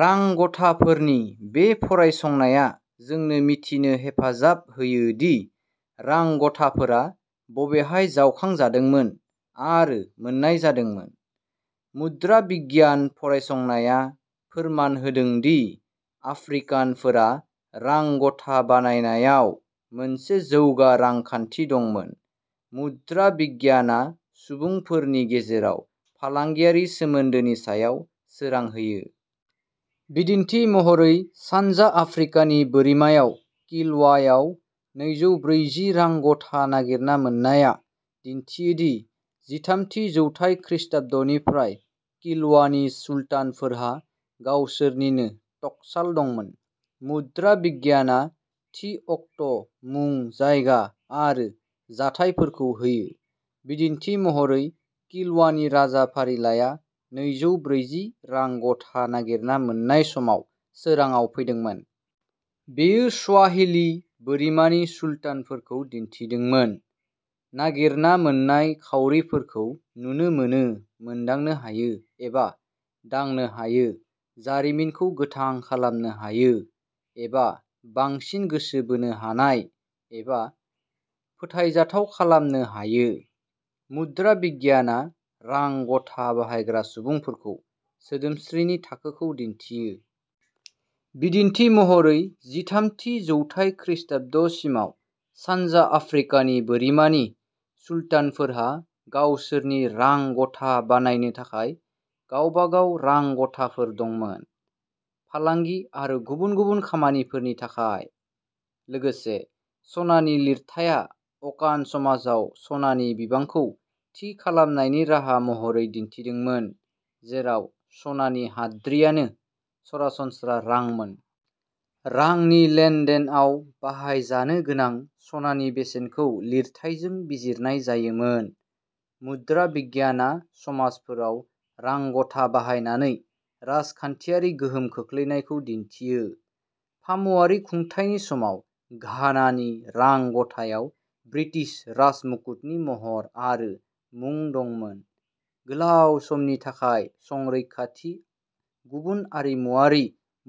रां गथाफोरनि बे फरायसंनाया जोंनो मिथिनो हेफाजाब होयो दि रां गथाफोरा बबेहाय जावखांजादोंमोन आरो मोन्नाय जादोंमोन। मुद्रा बिगियान फरायसंनाया फोरमान होदों दि आफ्रिकानफोरा रां गथा बानायनायाव मोनसे जौगा रांखान्थि दंमोन मुद्रा बिगियानआ सुबुंफोरनि गेजेराव फालांगियारि सोमोन्दोनि सायाव सोरां होयो। बिदिन्थि महरै सानजा आफ्रिकानि बोरिमायाव किलवायाव नैजौ ब्रैजि रां गथा नागिरना मोन्नायआ दिन्थियो दि जिथाम थि जौथाय खृष्टाब्दनिफ्राय किलवानि सुल्तानफोरहा गावसोरनिनो टकसाल दंमोन। मुद्रा बिगियानआ थि अक्ट मुं जायगा आरो जाथायफोरखौ होयो। बिदिन्थि महरै किलवानि राजा फारिलाइया नैजौ ब्रैजि रां गथा नागिरना मोन्नाय समाव सोराङाव फैदोंमोन। बेयो स्वाहिलि बोरिमानि सुल्तानफोरखौ दिन्थिदोंमोन। नागिरना मोन्नाय खाउरिफोरखौ नुनो मोनो मोनदांनो हायो एबा दांनो हायो जारिमिनखौ गोथां खालामनो हायो एबा बांसिन गोसो बोनो हानाय एबा फोथायजाथाव खालामनो हायो। मुद्रा बिगियानआ रां गथा बाहायग्रा सुबुंफोरखौ सोदोमस्रिनि थाखोखौ दिन्थियो। बिदिन्थि महरै जिथाम थि जौथाय खृष्टाब्दसिमाव सानजा आफ्रिकानि बोरिमानि सुल्तानफोरहा गावसोरनि रां गथा बानायनो थाखाय गावबागाव रां गथाफोर दंमोन। फालांगि आरो गुबुन गुबुन खामानिफोरनि थाखाय। लोगोसे सनानि लिरथाइया अकान समाजाव सनानि बिबांखौ थि खालामनायनि राहा महरै दिन्थिदोंमोन जेराव सनानि हाद्रिआनो सरासनस्रा रांमोन। रांनि लेनदेनआव बाहायजानो गोनां सनानि बेसेनखौ लिरथाइजों बिजिरनाय जायोमोन। मुद्रा बिगियानआ समाजफोराव रां गथा बाहायनानै राजखान्थियारि गोहोम खोख्लैनायखौ दिन्थियो। फामुवारि खुंथायनि समाव घानानि रां गथायाव ब्रिटिश राजमुकुटनि महर आरो मुं दंमोन। गोलाव समनि थाखाय संरैखाथि गुबुन आरिमुआरि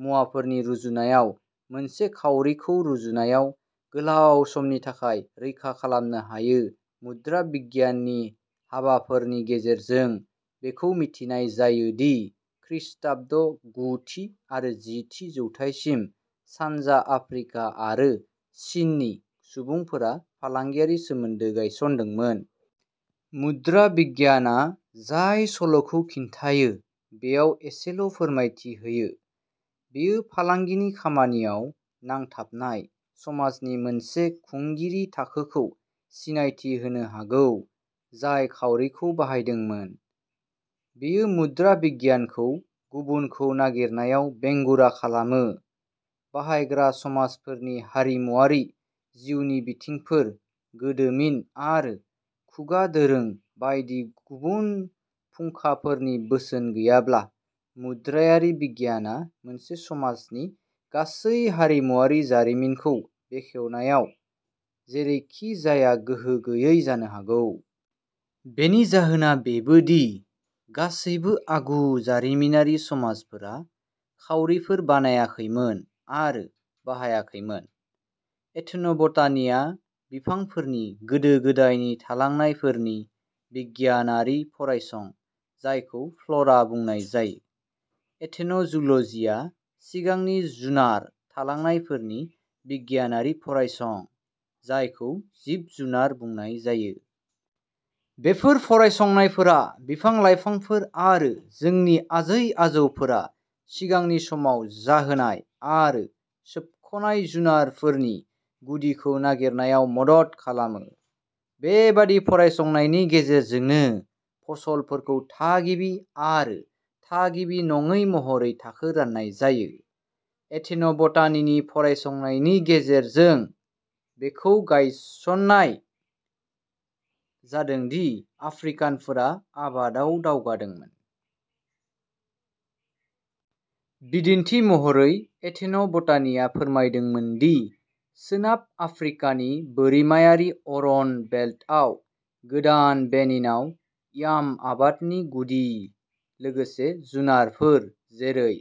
मुवाफोरनि रुजुनायाव मोनसे खाउरिखौ रुजुनायाव गोलाव समनि थाखाय रैखा खालामनो हायो मुद्रा बिगियाननि हाबाफोरनि गेजेरजों बेखौ मिथिनाय जायो दि खृष्टाब्द गु थि आरो जि थि जौथायसिम सानजा आफ्रिका आरो चिननि सुबुंफोरा फालांगियारि सोमोन्दो गायसनदोंमोन। मुद्रा बिगियानआ जाय सल'खौ खिन्थायो बेयाव एसेल'फोरमायथि होयो। बेयो फालांगिनि खामानियाव नांथाबनाय समाजनि मोनसे खुंगिरि थाखोखौ सिनायथि होनो हागौ जाय खाउरिखौ बाहायदोंमोन। बेयो मुद्रा बिगियानखौ गुबुनखौ नागिरनायाव बेंगुरा खालामो। बाहायग्रा समाजफोरनि हारिमुआरि जिउनि बिथिंफोर गोदोमिन आरो खुगा दोरों बायदि गुबुन फुंखाफोरनि बोसोन गैयाब्ला मुद्रायारि बिगियानआ मोनसे समाजनि गासै हारिमुआरि जारिमिनखौ बेखेवनायाव जेरैखिजाया गोहो गैयै जानो हागौ। बेनि जाहोना बेबो दि गासैबो आगु जारिमिनारि समाजफोरा खाउरिफोर बानायाखैमोन आरो बाहायाखैमोन। एथन'बटानिआ बिफांफोरनि गोदो गोदायनि थालांनायफोरनि बिगियानारि फरायसं जायखौ फ्ल'रा बुंनाय जायो। एथन'जुल'जिआ सिगांनि जुनार थालांनायफोरनि बिगियानारि फरायसं जायखौ जिब जुनार बुंनाय जायो। बेफोर फरायसंनायफोरा बिफां लाइफांफोर आरो जोंनि आजै आजौफोरा सिगांनि समाव जाहोनाय आरो सोबख'नाय जुनारफोरनि गुदिखौ नागिरनायाव मदद खालामो। बेबादि फरायसंनायनि गेजेरजोंनो फसलफोरखौ थागिबि आरो थागिबि नङै महरै थाखो राननाय जायो। एथेन'बटानिनि फरायसंनायनि गेजेरजों बेखौ गायसननाय जादों दि आफ्रिकानफोरा आबादाव दावगादोंमोन। बिदिन्थि महरै एथन'बटानिआ फोरमायदोंमोन दि सोनाब आफ्रिकानि बोरिमायारि अरन बेल्टआव गोदान बेनिनाव याम आबादनि गुदि लोगोसे जुनारफोर जेरै